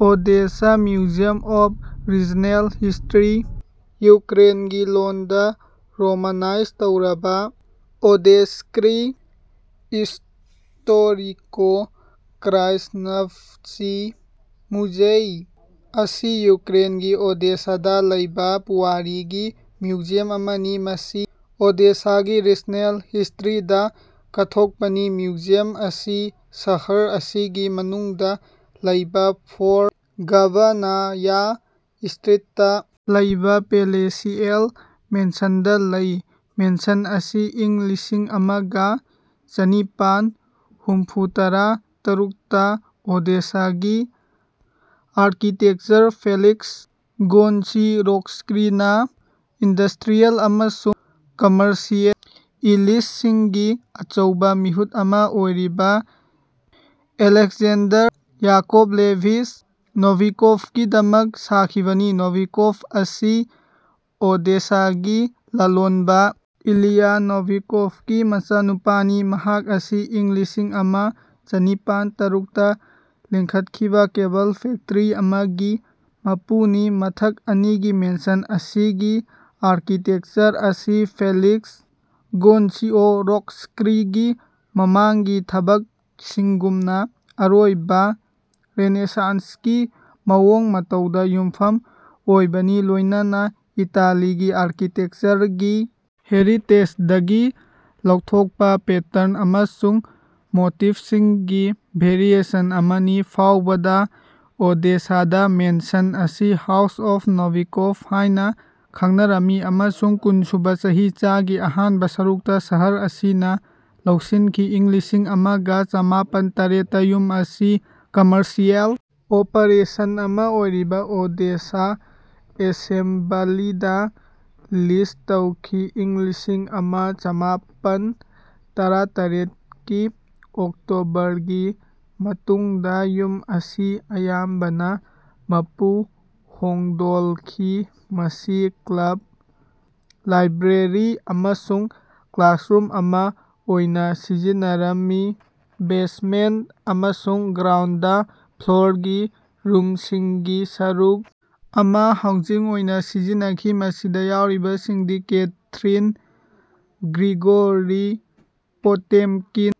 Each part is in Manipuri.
Odessa museum of regional history (ꯌꯨꯀ꯭ꯔꯦꯟꯒꯤ ꯂꯣꯟꯗꯥ ꯔꯣꯃꯥꯅꯥꯏꯖ ꯇꯧꯔꯕꯥ: ꯑꯣꯗꯦꯁ꯭ꯀꯤ ꯏꯁ꯭ꯇꯣꯔꯤꯀꯣ-ꯀ꯭ꯔꯥꯏꯖꯅꯥꯚꯆꯤ ꯃꯨꯖꯦꯏ) ꯑꯁꯤ ꯌꯨꯀ꯭ꯔꯦꯟꯒꯤ ꯑꯣꯗꯦꯁꯥꯗꯥ ꯂꯩꯕꯥ ꯄꯨꯋꯥꯔꯤꯒꯤ ꯃ꯭ꯌꯨꯖꯤꯌꯝ ꯑꯃꯅꯤ꯫ ꯃꯁꯤ ꯑꯣꯗꯦꯁꯥꯒꯤ ꯔꯤꯖꯅꯦꯜ ꯍꯤꯁ꯭ꯇꯔꯤꯗꯥ ꯀꯠꯊꯣꯛꯄꯅꯤ꯫ ꯃ꯭ꯌꯨꯖꯤꯌꯝ ꯑꯁꯤ ꯁꯍꯔ ꯑꯁꯤꯒꯤ ꯃꯅꯨꯡꯗꯥ ꯂꯩꯕꯥ, ꯐꯣꯔ ꯒꯚꯥꯅꯥꯌꯥ ꯁ꯭ꯇꯔꯤꯠꯇꯥ ꯂꯩꯕꯥ ꯄꯦꯂꯦꯁꯤꯑꯦꯜ ꯃꯦꯟꯁꯟꯗꯥ ꯂꯩ꯫ ꯃꯦꯟꯁꯟ ꯑꯁꯤ ꯏꯪ ꯂꯤꯁꯤꯡ ꯑꯃ ꯒ ꯆꯅꯤꯄꯥꯟ ꯍꯨꯝꯐꯨꯇꯔꯥ ꯇꯔꯨꯛꯇꯥ ꯑꯣꯗꯦꯁꯥꯒꯤ ꯑꯥꯔꯀꯤꯇꯦꯛꯆꯔ ꯐꯦꯂꯤꯛꯁ ꯒꯣꯅꯁꯤꯔꯣꯚꯁ꯭ꯀꯤꯅꯥ ꯏꯟꯗꯁ꯭ꯇꯔꯤꯌꯦꯜ ꯑꯃꯁꯨꯡ ꯀꯝꯃꯔꯁꯤꯑꯦꯜ ꯏꯂꯤꯇꯁꯤꯡꯒꯤ ꯑꯆꯧꯕꯥ ꯃꯤꯍꯨꯠ ꯑꯃꯥ ꯑꯣꯏꯔꯤꯕꯥ ꯑꯂꯦꯛꯖꯦꯟꯗꯔ ꯌꯥꯀꯣꯚꯂꯦꯚꯤꯆ ꯅꯣꯚꯤꯀꯣꯚꯒꯤꯗꯃꯛ ꯁꯥꯈꯤꯕꯅꯤ꯫ ꯅꯣꯚꯤꯀꯣꯚ ꯑꯁꯤ ꯑꯣꯗꯦꯁꯥꯒꯤ ꯂꯂꯣꯟꯕꯥ ꯏꯂꯤꯌꯥ ꯅꯣꯚꯤꯀꯣꯚꯀꯤ ꯃꯆꯥꯅꯨꯄꯥꯅꯤ, ꯃꯍꯥꯛ ꯑꯁꯤ ꯏꯪ ꯂꯤꯁꯤꯡ ꯑꯃ ꯆꯅꯤꯄꯥꯟ ꯇꯔꯨꯛꯇꯥ ꯂꯤꯡꯈꯠꯈꯤꯕꯥ ꯀꯦꯕꯜ ꯐꯦꯛꯇ꯭ꯔꯤ ꯑꯃꯒꯤ ꯃꯄꯨꯅꯤ꯫ꯃꯊꯛ ꯑꯅꯤꯒꯤ ꯃꯦꯟꯁꯟ ꯑꯁꯤꯒꯤ ꯑꯥꯔꯀꯤꯇꯦꯀꯆꯔ ꯑꯁꯤ ꯐꯦꯂꯤꯛꯁ ꯒꯣꯅꯁꯤꯑꯣꯔꯣꯚꯁ꯭ꯀꯤꯒꯤ ꯃꯃꯥꯡꯒꯤ ꯊꯕꯛꯁꯤꯡꯒꯨꯝꯅꯥ, ꯑꯔꯣꯏꯕꯥ ꯔꯦꯅꯦꯁꯥꯟꯁꯀꯤ ꯃꯑꯣꯡ ꯃꯇꯧꯗꯥ ꯌꯨꯝꯐꯝ ꯑꯣꯏꯕꯅꯤ, ꯂꯣꯢꯅꯅ ꯏꯇꯥꯂꯤꯒꯤ ꯑꯥꯔꯀꯤꯇꯦꯛꯆꯔꯒꯤ ꯍꯦꯔꯤꯇꯦꯖꯗꯒꯤ ꯂꯧꯊꯣꯛꯄ ꯄꯦꯇ꯭ꯔꯟ ꯑꯃꯁꯨꯡ ꯃꯣꯇꯤꯐꯁꯤꯡꯒꯤ ꯚꯦꯔꯤꯑꯦꯁꯟ ꯑꯃꯥꯅꯤ꯫ ꯐꯥꯎꯕꯗꯥ ꯑꯣꯗꯦꯁꯥꯗꯥ ꯃꯦꯟꯁꯟ ꯑꯁꯤ "ꯍꯥꯎꯁ ꯑꯣꯐ ꯅꯣꯚꯤꯀꯣꯚ" ꯍꯥꯢꯅ ꯈꯪꯅꯔꯝꯃꯤ, ꯑꯃꯁꯨꯡ ꯀꯨꯟꯁꯨꯕꯥ ꯆꯍꯤꯆꯥꯒꯤ ꯑꯍꯥꯟꯕ ꯁꯔꯨꯛꯇꯥ ꯁꯍꯔ ꯑꯁꯤꯅꯥ ꯂꯧꯁꯤꯟꯈꯤ꯫ ꯏꯪ ꯂꯤꯁꯤꯡ ꯑꯃ ꯒ ꯆꯃꯥꯄꯟ ꯇꯔꯦꯠꯇꯥ ꯌꯨꯝ ꯑꯁꯤ ꯀꯝꯃꯔꯁꯤꯑꯦꯜ ꯑꯣꯄꯔꯦꯁꯟ ꯑꯃꯥ ꯑꯣꯏꯔꯤꯕ ꯑꯣꯗꯦꯁꯥ ꯑꯦꯁꯦꯝꯕꯂꯤꯗꯥ ꯂꯤꯖ ꯇꯧꯈꯤ꯫ ꯏꯪ ꯂꯤꯁꯤꯡ ꯑꯃ ꯆꯃꯥꯄꯟ ꯇꯔꯥꯇꯔꯦꯠꯀꯤ ꯑꯣꯛꯇꯣꯕꯔꯒꯤ ꯃꯇꯨꯡꯗꯥ ꯌꯨꯝ ꯑꯁꯤ ꯑꯌꯥꯝꯕꯅꯥ ꯃꯄꯨ ꯍꯣꯡꯗꯣꯜꯈꯤ꯫ ꯃꯁꯤ ꯀ꯭ꯂꯕ, ꯂꯥꯏꯕ꯭ꯔꯦꯔꯤ ꯑꯃꯁꯨꯡ ꯀ꯭ꯂꯥꯁꯔꯨꯝ ꯑꯃꯥ ꯑꯣꯏꯅꯥ ꯁꯤꯖꯤꯟꯅꯔꯝꯃꯤ꯫ ꯕꯦꯖꯃꯦꯟꯇ ꯑꯃꯁꯨꯡ ꯒ꯭ꯔꯥꯎꯟꯗ ꯐ꯭ꯂꯣꯔꯒꯤ ꯔꯨꯝꯁꯤꯡꯒꯤ ꯁꯔꯨꯛ ꯑꯃꯥ ꯍꯥꯎꯖꯤꯡ ꯑꯣꯏꯅꯥ ꯁꯤꯖꯤꯟꯅꯈꯤ꯫ ꯃꯁꯤꯗꯥ ꯌꯥꯎꯔꯤꯕꯁꯤꯡꯗꯤ: Catherine, Grigory Potemkin,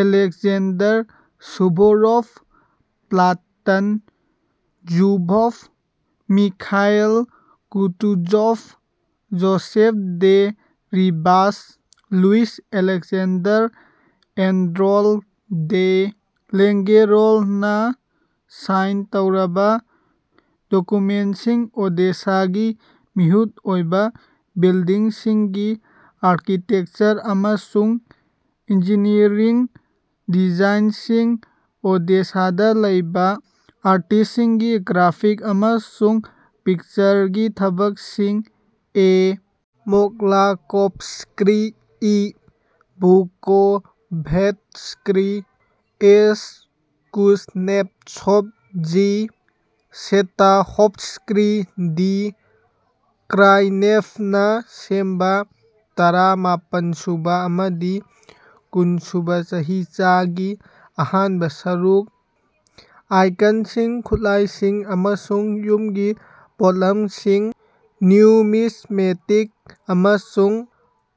Alexander Suvorov, Platon Zubov, Mikhail Kutuzov, Joseph de Ribas, Louis Alexander Andrault de ꯂꯦꯡꯒꯦꯔꯣꯅꯅꯥ ꯁꯥꯏꯟ ꯇꯧꯔꯕꯥ ꯗꯣꯀꯨꯃꯦꯟꯇꯁꯤꯡ ꯑꯣꯗꯦꯁꯥꯒꯤ ꯃꯤꯍꯨꯠ ꯑꯣꯏꯕꯥ ꯕꯤꯜꯗꯤꯡꯁꯤꯡꯒꯤ ꯑꯥꯔꯀꯤꯇꯦꯚꯆꯔ ꯑꯃꯁꯨꯡ ꯏꯟꯖꯤꯅꯤꯌ꯭ꯔꯤꯡ ꯗꯤꯖꯥꯏꯅꯁꯤꯡ; ꯑꯣꯗꯦꯁꯥꯗꯥ ꯂꯩꯕꯥ ꯑꯥꯔꯇꯤꯁ꯭ꯇꯁꯤꯡꯒꯤ ꯒ꯭ꯔꯥꯐꯤꯛ ꯑꯃꯁꯨꯡ ꯄꯤꯛꯆꯔꯒꯤ ꯊꯕꯛꯁꯤꯡ; A. Moklakovsky, E. Bukovetsky, H. Kuznetsov, G. Chestakhovsky, D. ꯀ꯭ꯔꯥꯏꯅꯦꯚꯅꯥ ꯁꯦꯝꯕꯥ ꯇꯔꯥꯃꯄꯟꯁꯨꯕꯥ ꯑꯃꯗꯤ ꯀꯨꯟꯁꯨꯕꯥ ꯆꯍꯤꯆꯥꯒꯤ ꯑꯍꯥꯟꯕ ꯁꯔꯨꯛ; ꯑꯥꯏꯀꯟꯁꯤꯡ, ꯈꯨꯠꯂꯥꯏꯁꯤꯡ ꯑꯃꯁꯨꯡ ꯌꯨꯝꯒꯤ ꯄꯣꯠꯂꯝꯁꯤꯡ, ꯅ꯭ꯌꯨꯃꯤꯖꯃꯦꯇꯤꯛ ꯑꯃꯁꯨꯡ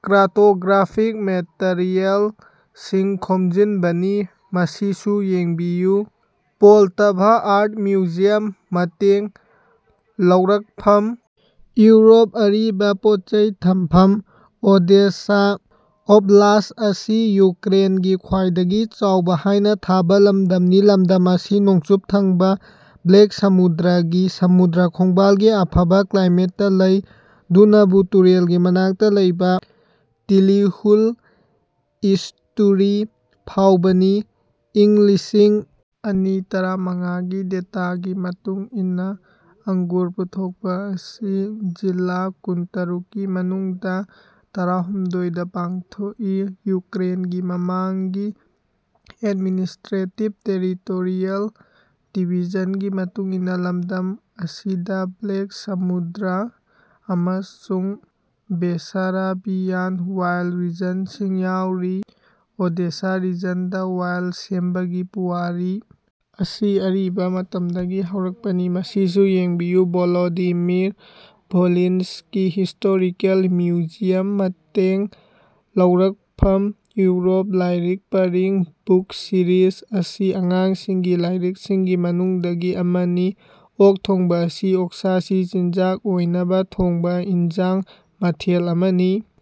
ꯀꯥꯔꯇꯣꯒ꯭ꯔꯥꯐꯤꯛ ꯃꯦꯇꯔꯤꯑꯦꯜꯁꯤꯡ ꯈꯣꯝꯖꯤꯟꯕꯅꯤ꯫ ꯃꯁꯤꯁꯨ ꯌꯦꯡꯕꯤꯌꯨ ꯄꯣꯜꯇꯥꯚꯥ ꯑꯥꯔ꯭ꯠ ꯃ꯭ꯌꯨꯖꯤꯌꯝ ꯃꯇꯦꯡ ꯂꯧꯔꯛꯐꯝ :ꯏꯎꯔꯣꯞ ꯑꯔꯤꯕ ꯄꯣꯠꯆꯩ ꯊꯝꯐꯝ ꯑꯣꯗꯦꯁꯥ ꯑꯣꯕ꯭ꯂꯥꯁ꯭ꯠ ꯑꯁꯤ ꯌꯨꯀ꯭ꯔꯦꯟꯒꯤ ꯈ꯭ꯋꯥꯏꯗꯒꯤ ꯆꯥꯎꯕꯥ ꯍꯥꯏꯅ ꯊꯥꯕ ꯂꯝꯗꯝꯅꯤ꯫ ꯂꯃꯗꯝ ꯑꯁꯤ ꯅꯣꯡꯆꯨꯞ ꯊꯪꯕꯥ ꯕ꯭ꯂꯦꯛ ꯁꯃꯨꯗ꯭ꯔꯒꯤ ꯁꯃꯨꯗ꯭ꯔ ꯈꯣꯡꯕꯥꯜꯒꯤ ꯑꯐꯕꯥ ꯀ꯭ꯂꯥꯏꯃꯦꯠꯇꯥ ꯂꯩ, ꯗꯨꯅꯕ ꯇꯨꯔꯦꯜꯒꯤ ꯃꯅꯥꯛꯇꯥ ꯂꯩꯕꯥ ꯇꯤꯂꯤꯍꯨꯜ ꯏꯁ꯭ꯇꯨꯔꯤ ꯐꯥꯎꯕꯅꯤ꯫ ꯏꯪ ꯂꯤꯁꯤꯡ ꯑꯅꯤ ꯇꯔꯥꯃꯉꯥꯒꯤ ꯗꯦꯇꯥꯒꯤ ꯃꯇꯨꯡ ꯏꯟꯅꯥ, ꯑꯡꯒꯨꯔ ꯄꯨꯊꯣꯛꯄ ꯑꯁꯤ ꯖꯤꯂꯥ ꯀꯨꯟꯇꯔꯨꯛꯀꯤ ꯃꯅꯨꯡꯗꯥ ꯇꯔꯥꯍꯨꯝꯗꯣꯏꯗꯥ ꯄꯥꯡꯊꯣꯛꯏ (ꯌꯨꯀ꯭ꯔꯦꯟꯒꯤ ꯃꯃꯥꯡꯒꯤ ꯑꯦꯗꯃꯤꯅꯤꯁ꯭ꯠꯔꯦꯇꯤꯕ-ꯇꯦꯔꯤꯇꯣꯔꯤꯌꯜ ꯗꯤꯕꯤꯖꯟꯒꯤ ꯃꯇꯨꯡ ꯏꯟꯅꯥ) ꯂꯝꯗꯝ ꯑꯁꯤꯗꯥ ꯕ꯭ꯂꯦꯛ ꯁꯃꯨꯗ꯭ꯔ ꯑꯃꯁꯨꯡ ꯕꯦꯁꯥꯔꯥꯕꯤꯌꯥꯟ ꯋꯥꯏꯟ ꯔꯤꯖꯟꯁꯤꯡ ꯌꯥꯎꯔꯤ꯫ ꯑꯣꯗꯦꯁꯥ ꯔꯤꯖꯟꯗꯥ ꯋꯥꯏꯟ ꯁꯦꯝꯕꯒꯤ ꯄꯨꯋꯥꯔꯤ ꯑꯁꯤ ꯑꯔꯤꯕꯥ ꯃꯇꯝꯗꯒꯤ ꯍꯧꯔꯛꯄꯅꯤ꯫ ꯃꯁꯤꯁꯨ ꯌꯦꯡꯕꯤꯌꯨ ꯚꯣꯂꯣꯗꯤꯃꯤꯔ-ꯚꯣꯂꯤꯟꯁ꯭ꯀꯤ ꯍꯤꯁ꯭ꯇꯣꯔꯤꯀꯦꯜ ꯃ꯭ꯌꯨꯖꯤꯌꯝ ꯃꯇꯦꯡ ꯂꯧꯔꯛꯐꯝ :ꯏꯎꯔꯣꯞ ꯂꯥꯢꯔꯤꯛ ꯄꯔꯤꯡ (ꯕꯨꯛ ꯁꯤꯔꯤꯁ) ꯑꯁꯤ ꯑꯉꯥꯡꯁꯤꯡꯒꯤ ꯂꯥꯢꯔꯤꯛꯁꯤꯡꯒꯤ ꯃꯅꯨꯡꯗꯒꯤ ꯑꯃꯅꯤ꯫ "ꯑꯣꯛ ꯊꯣꯡꯕ" ꯑꯁꯤ ꯑꯣꯛꯁꯥꯁꯤ ꯆꯤꯟꯖꯥꯛ ꯑꯣꯢꯅꯕ ꯊꯣꯡꯕ ꯍꯤꯟꯖꯥꯡ ꯃꯊꯦꯜ ꯑꯃꯅꯤ꯫